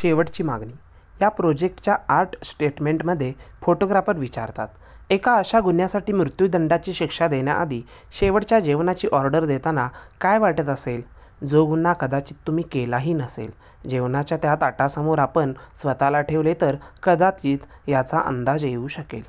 शेवटची मागणी - या प्रोजेक्टच्या आर्ट स्टेटमेंटमध्ये फोटोग्राफर विचारतात, "एका अशा गुन्ह्यासाठी मृत्यूदंडाची शिक्षा देण्याआधी शेवटच्या जेवणाची ऑर्डर देताना काय वाटत असेल, जो गुन्हा कदाचित तुम्ही केलाही नसेल?" "जेवणाच्या त्या ताटासमोर आपण स्वतःला ठेवले तर कदाचित याचा अंदाज येऊ शकेल."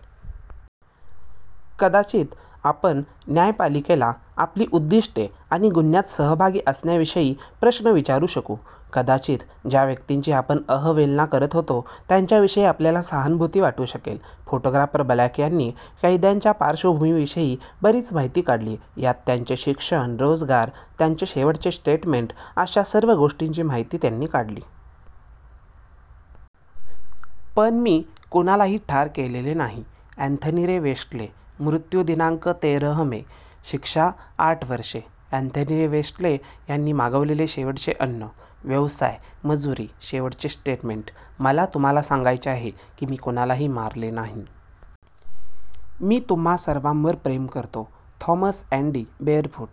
"कदाचित आपण न्यायपालिकेला आपली उद्दिष्टे आणि गुन्ह्यात सहभागी असण्याविषयी प्रश्न विचारू शकू." "कदाचित ज्या व्यक्तीची आपण अवहेलना करत होतो, त्याच्याविषयी आपल्याला सहानुभूती वाटू शकेल." फोटोग्राफर ब्लॅक यांनी कैद्यांच्या पार्श्वभूमीविषयीही बरीच माहिती काढली. यात त्यांचे शिक्षण, रोजगार, त्यांचे शेवटचे स्टेटमेंट अशा सर्व गोष्टींची माहिती त्यांनी काढली. पण, मी कुणालाही ठार केलेले नाही - अँथनी रे वेस्टले, मृत्यू दिनांक: तेरह मे, शिक्षा: आठ वर्षे, अँथनी रे वेस्टले यांनी मागवलेले शेवटचे अन्न, व्यवसाय: मजुरी, शेवटचे स्टेटमेंट: "मला तुम्हाला सांगायचे आहे की मी कुणालाही मारले नाही. मी तुम्हा सर्वांवर प्रेम करतो." थॉमस अँडी बेअरफूट,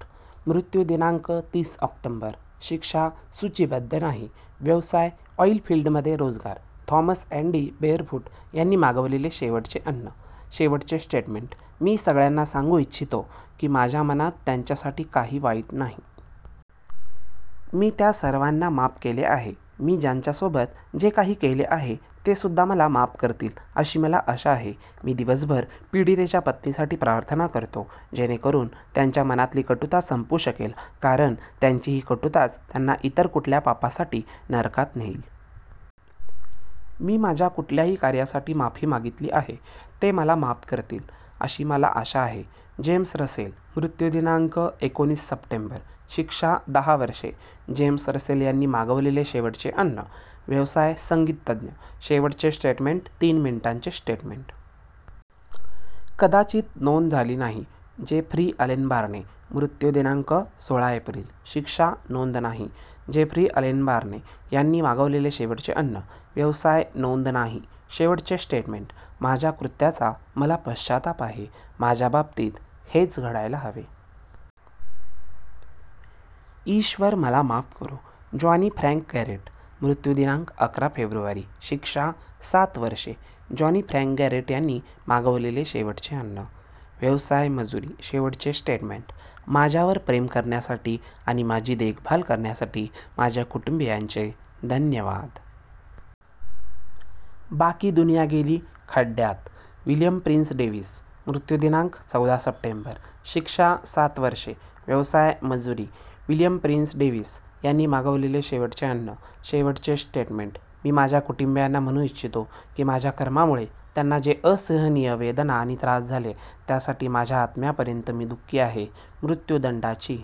मृत्यू दिनांक: तीस ऑक्टोबर, शिक्षा: सूचीबद्ध नाही, व्यवसाय: ऑइलफिल्डमध्ये रोजगार, थॉमस अँडी बेअरफूट यांनी मागवलेले शेवटचे अन्न, शेवटचे स्टेटमेंट: "मी सगळ्यांना सांगू इच्छितो की माझ्या मनात त्यांच्यासाठी काही वाईट नाही. मी त्या सर्वांना माफ केले आहे. मी ज्यांच्यासोबत जे काही केले आहे तेसुद्धा मला माफ करतील, अशी मला आशा आहे." "मी दिवसभर पीडितेच्या पत्नीसाठी प्रार्थना करतो. जेणेकरून त्यांच्या मनातली कटुता संपू शकेल. कारण त्यांची ही कटुताच त्यांना इतर कुठल्या पापासाठी नरकात नेईल. मी माझ्या कुठल्याही कार्यासाठी माफी मागितली आहे. ते मला माफ करतील, अशी मला आशा आहे." जेम्स रसेल, मृत्यू दिनांक: एकोणीस सप्टेंबर, शिक्षा: दहा वर्षे, जेम्स रसेल यांनी मागवलेले शेवटचे अन्न, व्यवसाय: संगीतज्ञ, शेवटचे स्टेटमेंट: तीन मिनिटांचे स्टेटमेंट. कदाचित नोंद झाली नाही. जेफ्री अलेन बार्ने, मृत्यू दिनांक: सोळा एप्रिल, शिक्षा: नोंद नाही, जेफ्री अलेन बार्ने यांनी मागवलेले शेवटचे अन्न, व्यवसाय: नोंद नाही, शेवटचे स्टेटमेंट: "माझ्या कृत्याचा मला पश्चाताप आहे. माझ्या बाबतीत हेच घडायला हवे. ईश्वर मला माफ करो." जॉनी फ्रँक गॅरेट, मृत्यू दिनांक: अकरा फेब्रुवारी, शिक्षा: सात वर्षे, जॉनी फ्रँक गॅरेट यांनी मागवलेले शेवटचे अन्न, व्यवसाय: मजुरी, शेवटचे स्टेटमेंट: "माझ्यावर प्रेम करण्यासाठी आणि माझी देखभाल करण्यासाठी माझ्या कुटुंबीयांचे धन्यवाद. बाकी दुनिया गेली खड्ड्यात." विलियम प्रिन्स डेव्हिस, मृत्यू दिनांक: चौदा सप्टेंबर, शिक्षा: सात वर्षे, व्यवसाय: मजुरी, विलियम प्रिन्स डेव्हिस यांनी मागवलेले शेवटचे अन्न, शेवटचे स्टेटमेंट: "मी माझ्या कुटुंबीयांना म्हणू इच्छितो की माझ्या कर्मामुळे त्यांना जे असहनीय वेदना आणि त्रास झाले त्यासाठी माझ्या आत्म्यापर्यंत मी दुःखी आहे. मृत्यूदंडाची